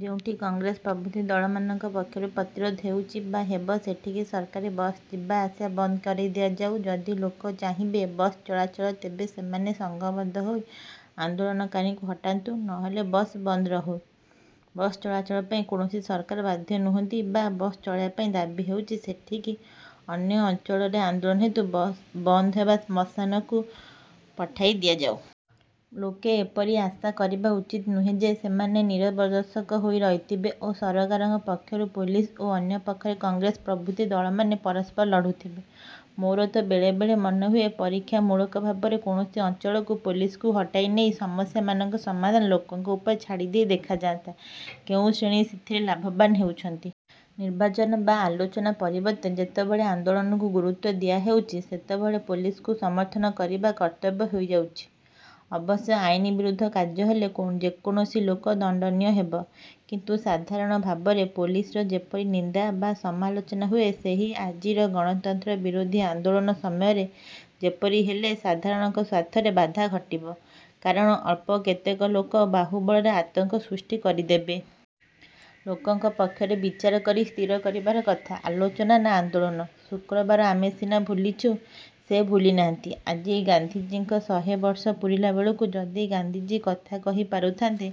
ଯେଉଁଠି କଂଗ୍ରେସ ପ୍ରଭୃତି ଦଳମାନଙ୍କ ପକ୍ଷରୁ ପ୍ରତିରୋଧ ହେଉଛି ବା ହେବ ସେଠିକି ସରକାରୀ ବସ୍ ଯିବା ଆସିବା ବନ୍ଦ କରିଦିଆଯାଉ। ଯଦି ଲୋକେ ଚାହିଁବେ ବସ୍ ଚଳାଚଳ ତେବେ ସେମାନେ ସଙ୍ଘବଦ୍ଧ ହୋଇ ଆନ୍ଦୋଳନକାରୀଙ୍କୁ ହଟାନ୍ତୁ, ନ ହେଲେ ବସ୍ ବନ୍ଦ ରହୁ। ବସ୍ ଚଳାଚଳ ପାଇଁ କୌଣସି ସରକାର ବାଧ୍ୟ ନୁହନ୍ତି ବା ବସ୍ ଚଳାଇବା ପାଇଁ ଦାବି ହେଉଛି ସେଠିକି ଅନ୍ୟ ଅଞ୍ଚଳରେ ଆନ୍ଦୋଳନ ହେତୁ ବନ୍ଦ ହେବା ବସ୍ମାନଙ୍କୁ ପଠାଇ ଦିଆଯାଉ। ଲୋକେ ଏପରି ଆଶା କରିବା ଉଚିତ ନୁହେଁ ଯେ ସେମାନେ ନୀରବଦର୍ଶକ ହୋଇ ରହିଥିବେ ଓ ସରକାରଙ୍କ ପକ୍ଷରୁ ପୋଲିସ ଓ ଅନ୍ୟ ପକ୍ଷରେ କଂଗ୍ରେସ ପ୍ରଭୃତି ଦଳମାନେ ପରସ୍ପର ଲଢ଼ୁଥିବେ। ମୋର ତ ବେଳେବେଳେ ମନେହୁଏ ପରୀକ୍ଷାମୂଳକ ଭାବରେ କୌଣସି ଅଞ୍ଚଳରୁ ପୋଲିସକୁ ହଟାଇ ନେଇ ସମସ୍ୟାମାନଙ୍କ ସମାଧାନ ଲୋକଙ୍କ ଉପରେ ଛାଡ଼ି ଦେଇ ଦେଖାଯାନ୍ତା, କେଉଁ ଶ୍ରେଣୀ ସେଥିରେ ଲାଭବାନ ହେଉଛନ୍ତି। ନିର୍ବାଚନ ବା ଆଲୋଚନା ପରିବର୍ତ୍ତେ ଯେତେବେଳେ ଆନ୍ଦୋଳନକୁ ଗୁରୁତ୍ୱ ଦିଆହେଉଛି, ସେତେବେଳେ ପୋଲିସକୁ ସମର୍ଥନ କରିବା କର୍ତ୍ତବ୍ୟ ହୋଇଯାଉଛି। ଅବଶ୍ୟ ଆଇନବିରୁଦ୍ଧ କାର୍ଯ୍ୟ କଲେ ଯେକୌଣସି ଲୋକ ଦଣ୍ଡନୀୟ ହେବ। କିନ୍ତୁ ସାଧାରଣ ଭାବରେ ପୋଲିସର ଯେପରି ନିନ୍ଦା ବା ସମାଲୋଚନା ହୁଏ ସେହି ଆଜିର ଗଣତନ୍ତ୍ର ବିରୋଧୀ ଆନ୍ଦୋଳନ ସମୟରେ ଯେପରି ହେଲେ ସାଧାରଣଙ୍କ ସ୍ୱାର୍ଥରେ ବାଧା ଘଟିବ କାରଣ ଅଳ୍ପ କେତେକ ଲୋକ ବାହୁବଳରେ ଆତଙ୍କ ସୃଷ୍ଟି କରିଦେବେ। ଲୋକଙ୍କ ପକ୍ଷରେ ବିଚାର କରି ସ୍ଥିର କରିବାର କଥା- ଆଲୋଚନା ନା ଆନ୍ଦୋଳନ। ଶୁକ୍ରବାର ଆମେ ସିନା ଭୁଲିଛୁଁ ସେ ଭୁଲି ନାହାନ୍ତି ଆଜି ଗାନ୍ଧିଜୀଙ୍କ ଶହେ ବର୍ଷ ପୂରିଲାବେଳକୁ, ଯଦି ଗାନ୍ଧିଜୀ କଥା କହି ପାରୁଥାନ୍ତେ,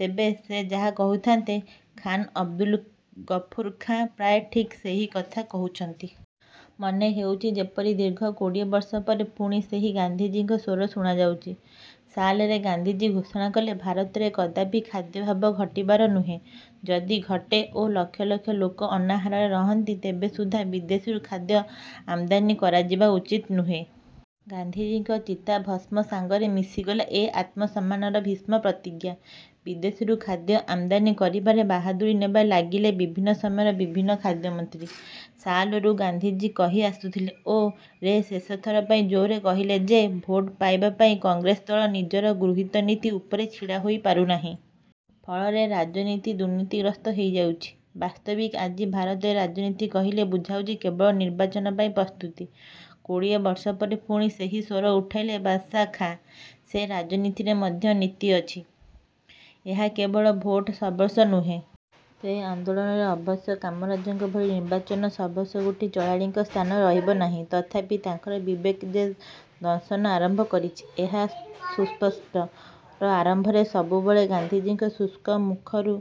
ତେବେ ସେ ଯାହା କହୁଥାନ୍ତେ, ଖାନ୍ ଅବଦୁଲ ଗଫୁର ଖାଁ ପ୍ରାୟ ଠିକ ସେହି କଥା କହୁଛନ୍ତି। ମନେ ହେଉଛି ଯେପରି ଦୀର୍ଘ କୋଡ଼ିଏ ବର୍ଷ ପରେ ପୁଣି ସେହି ଗାନ୍ଧିଜୀଙ୍କ ସ୍ୱର ଶୁଣାଯାଉଛି। ସାଲରେ ଗାନ୍ଧିଜୀ ଘୋଷଣା କଲେ ''ଭାରତରେ କଦାପି ଖାଦ୍ୟାଭାବ ଘଟିବାର ନୁହେଁ। ଯଦି ଘଟେ ଓ ଲକ୍ଷ ଲକ୍ଷ ଲୋକ ଅନାହାରରେ ରହନ୍ତି ତେବେ ସୁଦ୍ଧା ବିଦେଶରୁ ଖାଦ୍ୟ ଆମଦାନୀ କରାଯିବା ଉଚିତ ନୁହେଁ। '' ଗାନ୍ଧିଜୀଙ୍କ ଚିତାଭସ୍ମ ସାଙ୍ଗରେ ମିଶିଗଲା ଏ ଆତ୍ମସମ୍ମାନର ଭୀଷ୍ମ ପ୍ରତିଜ୍ଞା। ବିଦେଶରୁ ଖାଦ୍ୟ ଆମଦାନୀ କରିବାରେ ବାହାଦୁରି ନେବାରେ ଲାଗିଲେ ବିଭିନ୍ନ ସମୟରେ ବିଭିନ୍ନ ଖାଦ୍ୟମନ୍ତ୍ରୀ। ସାଲରୁ ଗାନ୍ଧିଜୀ କହି ଆସୁଥିଲେ ଓ ରେ ଶେଷଥର ପାଇଁ ଜୋରରେ କହିଲେ ଯେ ଭୋଟ ପାଇବା ପାଇଁ କଂଗ୍ରେସ ଦଳ ନିଜର ଗୃହୀତ ନୀତି ଉପରେ ଛିଡ଼ା ହୋଇ ପାରୁନାହିଁ। ଫଳରେ ରାଜନୀତି ଦୁର୍ନୀତିଗ୍ରସ୍ତ ହୋଇଯାଉଛି। ବାସ୍ତବିକ ଆଜି ଭାରତରେ ରାଜନୀତି କହିଲେ ବୁଝାଉଛି କେବଳ ନିର୍ବାଚନ ପାଇଁ ପ୍ରସ୍ତୁତି। କୋଡ଼ିଏ ବର୍ଷ ପରେ ପୁଣି ସେହି ସ୍ୱର ଉଠାଇଲେ ବାଦଶାହା ଖାଁ ଯେ ରାଜନୀତିରେ ମଧ୍ୟ ନୀତି ଅଛି, ଏହା କେବଳ ଭୋଟ ସର୍ବସ୍ୱ ନୁହେଁ। ସେ ଆନ୍ଦୋଳନରେ ଅବଶ୍ୟ କାମରାଜଙ୍କ ଭଳି ନିର୍ବାଚନ ସର୍ବସ୍ୱ ଗୋଟି ଚଳାଳିଙ୍କ ସ୍ଥାନ ରହିବ ନାହିଁ, ତଥାପି ତାଙ୍କର ବିବେକ ଯେ ଦଂଶନ ଆରମ୍ଭ କରିଛି, ଏହା ସୁସ୍ପଷ୍ଟ। ର ଆରମ୍ଭରେ ସବୁବେଳେ ଗାନ୍ଧିଜୀଙ୍କ ଶୁଷ୍କ ମୁଖରୁ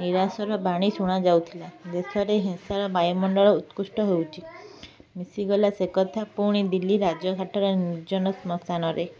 ନିରାଶାର ବାଣୀ ଶୁଣା ଯାଉଥିଲା ''ଦେଶରେ ହିଂସାର ବାୟୁମଣ୍ଡଳ ଉତ୍କଟ ହେଉଛି। '' ମିଶିଗଲା ସେ କଥା ପୁଣି ଦିଲ୍ଲୀ ରାଜଘାଟର ନିର୍ଜନ ଶ୍ମଶାନରେ,